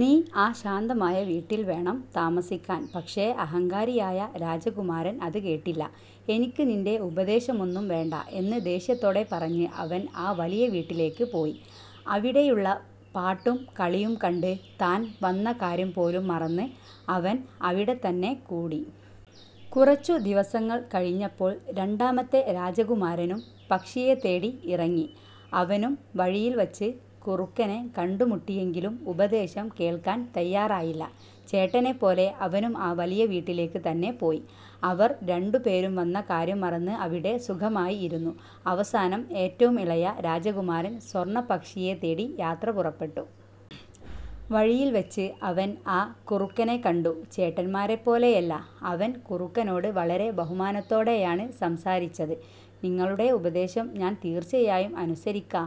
നീ ആ ശാന്തമായ വീട്ടിൽ വേണം താമസിക്കാൻ. "। പക്ഷേ, അഹങ്കാരിയായ രാജകുമാരൻ അത് കേട്ടില്ല. "എനിക്ക് നിന്റെ ഉപദേശമൊന്നും വേണ്ട! " എന്ന് ദേഷ്യത്തോടെ പറഞ്ഞ് അവൻ ആ വലിയ വീട്ടിലേക്ക് പോയി. അവിടെയുള്ള പാട്ടും കളിയും കണ്ട്, താൻ വന്ന കാര്യം പോലും മറന്ന് അവൻ അവിടെത്തന്നെ കൂടി. കുറച്ചു ദിവസങ്ങൾ കഴിഞ്ഞപ്പോൾ രണ്ടാമത്തെ രാജകുമാരനും പക്ഷിയെ തേടി ഇറങ്ങി. അവനും വഴിയിൽ വച്ച് കുറുക്കനെ കണ്ടുമുട്ടിയെങ്കിലും ഉപദേശം കേൾക്കാൻ തയ്യാറായില്ല. ചേട്ടനെപ്പോലെ അവനും ആ വലിയ വീട്ടിലേക്ക് തന്നെ പോയി. അവർ രണ്ടുപേരും വന്ന കാര്യം മറന്ന് അവിടെ സുഖമായി ഇരുന്നു. അവസാനം ഏറ്റവും ഇളയ രാജകുമാരൻ സ്വർണപ്പക്ഷിയെ തേടി യാത്ര പുറപ്പെട്ടു. വഴിയിൽ വെച്ച് അവൻ ആ കുറുക്കനെ കണ്ടു. ചേട്ടന്മാരെപ്പോലെയല്ല, അവൻ കുറുക്കനോട് വളരെ ബഹുമാനത്തോടെയാണ് സംസാരിച്ചത്. "നിങ്ങളുടെ ഉപദേശം ഞാൻ തീർച്ചയായും അനുസരിക്കാ.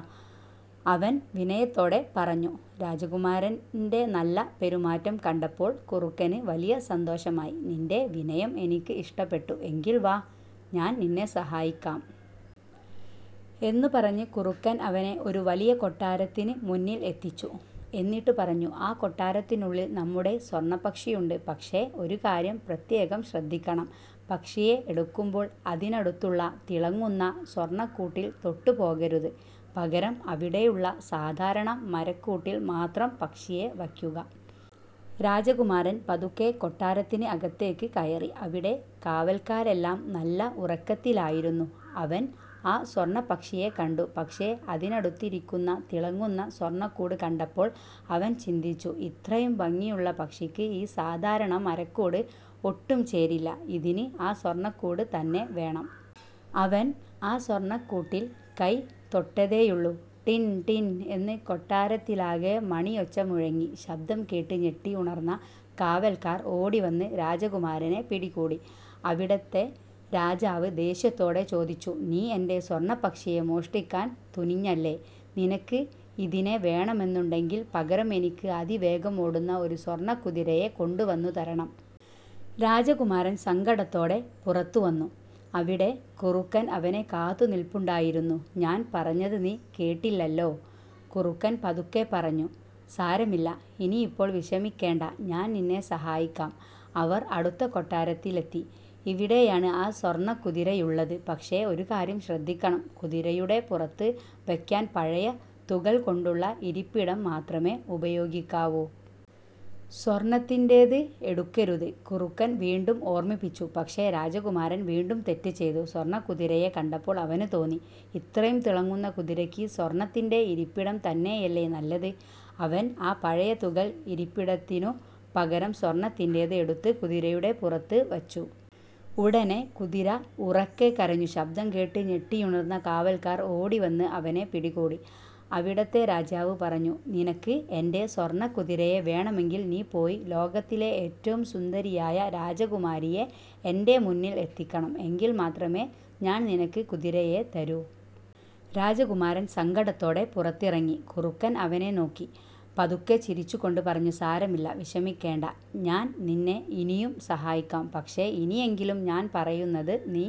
" അവൻ വിനയത്തോടെ പറഞ്ഞു. രാജകുമാരന്റെ നല്ല പെരുമാറ്റം കണ്ടപ്പോൾ കുറുക്കന് വലിയ സന്തോഷമായി. "നിന്റെ വിനയം എനിക്ക് ഇഷ്ടപ്പെട്ടു. എങ്കിൽ വാ, ഞാൻ നിന്നെ സഹായിക്കാം. " എന്ന് പറഞ്ഞ് കുറുക്കൻ അവനെ ഒരു വലിയ കൊട്ടാരത്തിന് മുന്നിൽ എത്തിച്ചു. എന്നിട്ട് പറഞ്ഞു "ആ കൊട്ടാരത്തിനുള്ളിൽ നമ്മുടെ സ്വർണപ്പക്ഷിയുണ്ട്. പക്ഷേ ഒരു കാര്യം പ്രത്യേകം ശ്രദ്ധിക്കണം! പക്ഷിയെ എടുക്കുമ്പോൾ അതിനടുത്തുള്ള തിളങ്ങുന്ന സ്വർണക്കൂട്ടിൽ തൊട്ടു പോകരുത്. പകരം, അവിടെയുള്ള സാധാരണ മരക്കൂട്ടിൽ മാത്രം പക്ഷിയെ വയ്ക്കുക. " രാജകുമാരൻ പതുക്കെ കൊട്ടാരത്തിന് അകത്തേക്ക് കയറി. അവിടെ കാവൽക്കാരെല്ലാം നല്ല ഉറക്കത്തിലായിരുന്നു. അവൻ ആ സ്വർണപ്പക്ഷിയെ കണ്ടു! പക്ഷേ, അതിനടുത്തിരിക്കുന്ന തിളങ്ങുന്ന സ്വർണക്കൂട് കണ്ടപ്പോൾ അവൻ ചിന്തിച്ചു, "ഇത്രയും ഭംഗിയുള്ള പക്ഷിക്ക് ഈ സാധാരണ മരക്കൂട് ഒട്ടും ചേരില്ല. ഇതിന് ആ സ്വർണക്കൂട് തന്നെ വേണം. " അവൻ ആ സ്വർണക്കൂട്ടിൽ കൈ തൊട്ടതേയുള്ളൂ, 'ടിൻ… ടിൻ… ' എന്ന് കൊട്ടാരത്തിലാകെ മണിയൊച്ച മുഴങ്ങി! ശബ്ദം കേട്ട് ഞെട്ടി ഉണർന്ന കാവൽക്കാർ ഓടിവന്ന് രാജകുമാരനെ പിടികൂടി. അവിടത്തെ രാജാവ് ദേഷ്യത്തോടെ ചോദിച്ചു: "നീ എന്റെ സ്വർണപ്പക്ഷിയെ മോഷ്ടിക്കാൻ തുനിഞ്ഞല്ലേ? നിനക്ക് ഇതിനെ വേണമെന്നുണ്ടെങ്കിൽ, പകരം എനിക്ക് അതിവേഗം ഓടുന്ന ഒരു സ്വർണക്കുതിരയെ കൊണ്ടുവന്നു തരണം! രാജകുമാരൻ സങ്കടത്തോടെ പുറത്തുവന്നു. അവിടെ കുറുക്കൻ അവനെ കാത്തുനിൽപ്പുണ്ടായിരുന്നു. "ഞാൻ പറഞ്ഞത് നീ കേട്ടില്ലല്ലോ," കുറുക്കൻ പതുക്കെ പറഞ്ഞു. "സാരമില്ല, ഇനിയിപ്പോൾ വിഷമിക്കേണ്ട. ഞാൻ നിന്നെ സഹായിക്കാം. " അവർ അടുത്ത കൊട്ടാരത്തിലെത്തി. "ഇവിടെയാണ് ആ സ്വർണക്കുതിരയുള്ളത്. പക്ഷേ ഒരു കാര്യം ശ്രദ്ധിക്കണം. കുതിരയുടെ പുറത്ത് വയ്ക്കാൻ പഴയ തുകൽ കൊണ്ടുള്ള ഇരിപ്പിടം മാത്രമേ ഉപയോഗിക്കാവൂ. സ്വർണ്ണത്തിന്റേത് എടുക്കരുത്," കുറുക്കൻ വീണ്ടും ഓർമ്മിപ്പിച്ചു. പക്ഷേ രാജകുമാരൻ വീണ്ടും തെറ്റ് ചെയ്തു. സ്വർണക്കുതിരയെ കണ്ടപ്പോൾ അവന് തോന്നി, "ഇത്രയും തിളങ്ങുന്ന കുതിരയ്ക്ക് സ്വർണ്ണത്തിന്റെ ഇരിപ്പിടം തന്നെയല്ലേ നല്ലത്? " അവൻ ആ പഴയ തുകൽ ഇരിപ്പിടത്തിനു പകരം സ്വർണത്തിന്റേത് എടുത്ത് കുതിരയുടെ പുറത്ത് വച്ചു. ഉടനെ കുതിര ഉറക്കെ കരഞ്ഞു! ശബ്ദം കേട്ട് ഞെട്ടിയുണർന്ന കാവൽക്കാർ ഓടിവന്ന് അവനെ പിടികൂടി. അവിടത്തെ രാജാവ് പറഞ്ഞു: "നിനക്ക് എന്റെ സ്വർണക്കുതിരയെ വേണമെങ്കിൽ നീ പോയി ലോകത്തിലെ ഏറ്റവും സുന്ദരിയായ രാജകുമാരിയെ എന്റെ മുന്നിൽ എത്തിക്കണം. എങ്കിൽ മാത്രമേ ഞാൻ നിനക്ക് കുതിരയെ തരൂ. " രാജകുമാരൻ സങ്കടത്തോടെ പുറത്തിറങ്ങി. കുറുക്കൻ അവനെ നോക്കി പതുക്കെ ചിരിച്ചുകൊണ്ട് പറഞ്ഞു: "സാരമില്ല, വിഷമിക്കേണ്ട. ഞാൻ നിന്നെ ഇനിയും സഹായിക്കാം. പക്ഷേ ഇനിയെങ്കിലും ഞാൻ പറയുന്നത് നീ